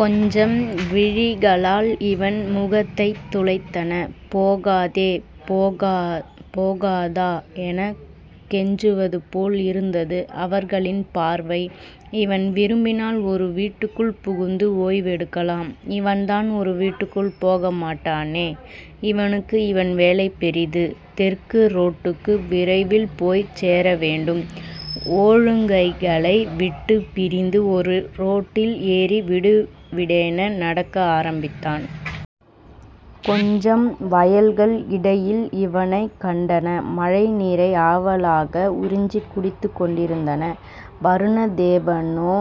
கொஞ்சம் விழிகளால் இவன் முகத்தைத் துளைத்தன. போகாதே.... போகா போகாதா....எனக் கெஞ்சுவதுபோல் இருந்தது அவர்களின் பார்வை. இவன் விரும்பினால் ஒரு வீட்டுக்குள் புகுந்து ஓய்வெடுக்கலாம். இவன்தான் ஒரு வீட்டுக்குள் போகமாட்டானே? இவனுக்கு இவன்வேலை பெரிது. தெற்கு ரோட்டுக்கு விரைவில் போய்ச் சேரவேண்டும். ஓழுங்கைகளை விட்டுப் பிரிந்து ஒரு ரோட்டில் ஏறி விடுவிடென நடக்க ஆரம்பித்தான். கொஞ்சம் வயல்கள் இடையில் இவனைக் கண்டன. மழை நீரை ஆவலாக உறிஞ்சிக் குடித்துக்கொண்டிருந்தன. வருணதேவனோ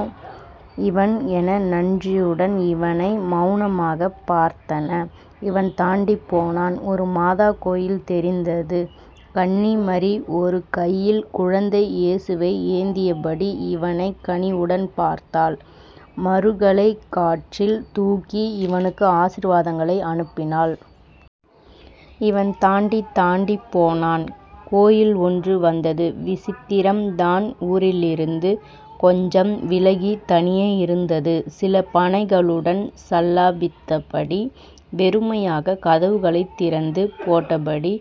இவன் என நன்றியுடன் இவனை மெளனமாகப் பார்த்தன. இவன் தாண்டிப்போனான். ஒரு மாதா கோயில் தெரிந்தது. கன்னிமரி ஒரு கையில் குழந்தை ஏசுவை ஏந்தியபடி இவனைக் கனிவுடன் பார்த்தாள். மறுகளை காற்றில் தூக்கி இவனுக்கு ஆசிர்வாதங்களை அனுப்பினாள். இவன் தாண்டித் தாண்டிப் போனான். கோயில் ஒன்று வந்தது. விசித்திரம் தான்ஊரிலிருந்து கொஞ்சம் விலகி தனியே இருந்தது. சில பனைகளுடன் சல்லாபித்தபடி. வெறுமையாக கதவுகளைத் திறந்து போட்டபடி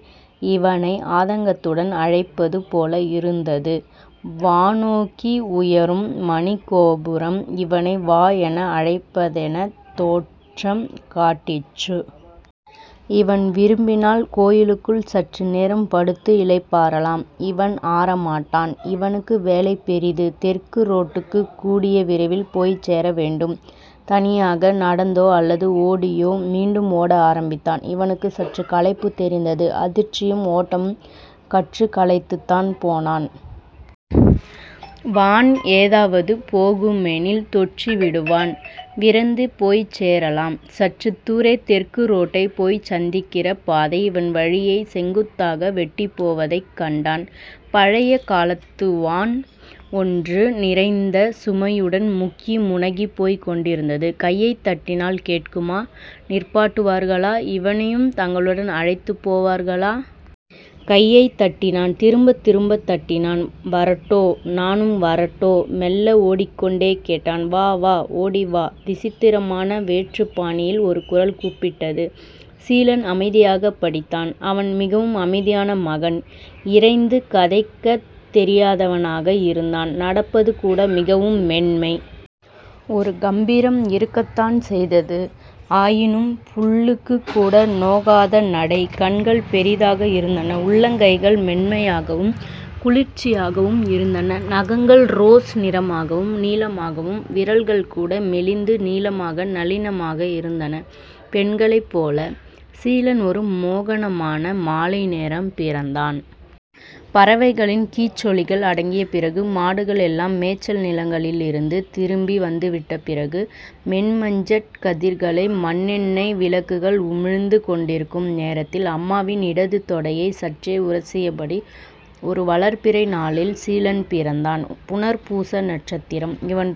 இவனை ஆதங்கத்துடன் அழைப்பது போல இருந்தது. வானோக்கி உயரும் மணிக்கோபுரம் இவனை வா என அழைப்பதெனத் தோற்றம் காட்டிற்று. இவன் விரும்பினால் கோயிலுக்குள் சற்று நேரம் படுத்து இளைப்பாறலாம்! இவன் ஆறமாட்டான். இவனுக்கு வேலை பெரிது. தெற்கு ரோட்டுக்கு கூடிய விரைவில் போய்ச்சேர வேண்டும். தனியாக நடந்ததோ.... அல்லது... ஓடியோ.... மீண்டும் ஓட ஆரம்பித்தான். இவனுக்கு சற்றுக் களைப்புத் தெரிந்தது. அதிர்ச்சியும் ஓட்டமும்.... சற்றுக்களைத்துத்தான் போனான். வான் ஏதாவது போகுமெனில் தொற்றி விடுவான். விரைந்து போய்ச் சேரலாம்.... சற்றுத் தூரே தெற்கு ரோட்டை போய்ச் சந்திக்கிற பாதை இவன் வழியை செங்குத்தாக வெட்டிப்போவதைக் கண்டான். பழைய காலத்து வான் ஒன்று நிறைந்த சுமையுடன் முக்கி முனகிப்போய்க் கொண்டிருந்தது. கையைத்தட்டினால் கேட்குமா? நிற்பாட்டுவார்களா? இவனையும் தங்களுடன் அழைத்துப் போவார்களா? கையைத் தட்டினான். திரும்பத் திரும்பத் தட்டினான். வரட்டோ?... நானும் வரட்டோ!..மெல்ல ஓடிக்கொண்டே கேட்டான். வா... வா... ஓடி வா. விசித்திரமான வேற்றுப் பாணியில் ஒரு குரல் கூப்பிட்டது. சீலன் அமைதியாகப் படித்தான். அவன் மிகவும் அமைதியான மகன். இரைந்து கதைக்கத் தெரியாதவனாக இருந்தான். நடப்பது கூட மிகவும் மென்மை. ஒரு கம்பீரம் இருக்கத்தான் செய்தது. ஆயினும் புல்லுக்குக் கூட நோகாத நடை. கண்கள் பெரிதாக இருந்தன. உள்ளங்கைகள் மென்மையாகவும் குளிர்ச்சியாகவும் இருந்தன. நகங்கள் ரோஸ் நிறமாகவும், நீளமாகவும்.... விரல்கள் கூட மெலிந்து நீளமாக நளினமாக இருந்தன, பெண்களைப் போல. சீலன் ஒரு மோகனமான மாலை நேரம் பிறந்தான். பறவைகளின் கீச்சொலிகள் அடங்கிய பிறகு, மாடுகள் எல்லாம் மேச்சல் நிலங்களிலிருந்து திரும்பி வந்துவிட்ட பிறகு, மென்மஞ்சட் கதிர்களை மண்ணெண்ணெய் விளக்குகள் உமிழ்ந்து கொண்டிருக்கும் நேரத்தில்.... அம்மாவின் இடது தொடையை சற்றே உரசியபடி ஒரு வளர்பிறை நாளில் சீலன் பிறந்தான். புணர்பூச நட்சத்திரம். இவன்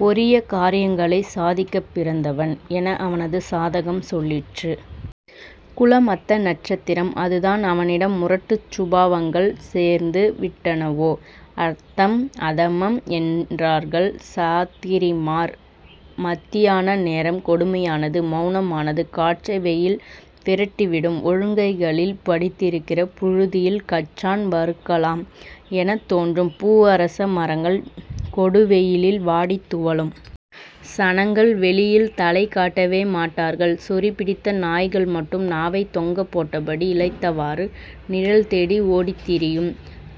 பொரிய காரியங்களைச் சாதிக்கப் பிறந்தவன் என அவனது சாதகம் சொல்லிற்று. குலம் அத்த நட்சத்திரம். அது தான் அவனிடம் முரட்டுச் சுபாவங்கள் சேர்ந்து விட்டனவோ? அத்தம், அதமம் என்றார்கள் சாத்திரிமார். மத்தியான நேரம் கொடுமையானது. மெளனமானது. காற்றை வெயில் விரட்டிவிடும். ஒழுங்கைகளில் படிந்திருக்கிற புழுதியில் கச்சான் வறுக்கலாம் எனத் தோன்றும். பூவரச மரங்கள் கொடுவெயிலில் வாடித் துவளும். சனங்கள் வெளியில் தலை காட்டவே மாட்டார்கள். சொறி பிடித்த நாய்கள் மட்டும் நாவைத் தொங்கப் போட்டபடி இளைத்தவாறு நிழல் தேடி ஓடித்திரியும்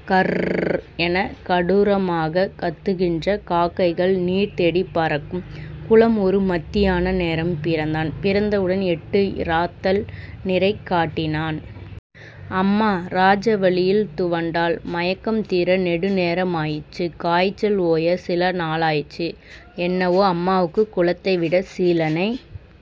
கர்ர்ர் எனக் கடூரமாகக் கத்துகின்ற காக்க்கைகள் நீர் தேடிப் பறக்கும். குலம் ஒரு மத்தியான நேரம் பிறந்தான். பிறந்தவுடன் எட்டு இறாத்தல் நிறை காட்டினான். அம்மா இராஜவலியில் துவண்டாள். மயக்கம் தீர நெடு நேரமாயிற்று. காய்ச்சல் ஓய சில நாளாயிற்று. என்னவோ அம்மாவுக்கு குலத்தைவிட சீலனை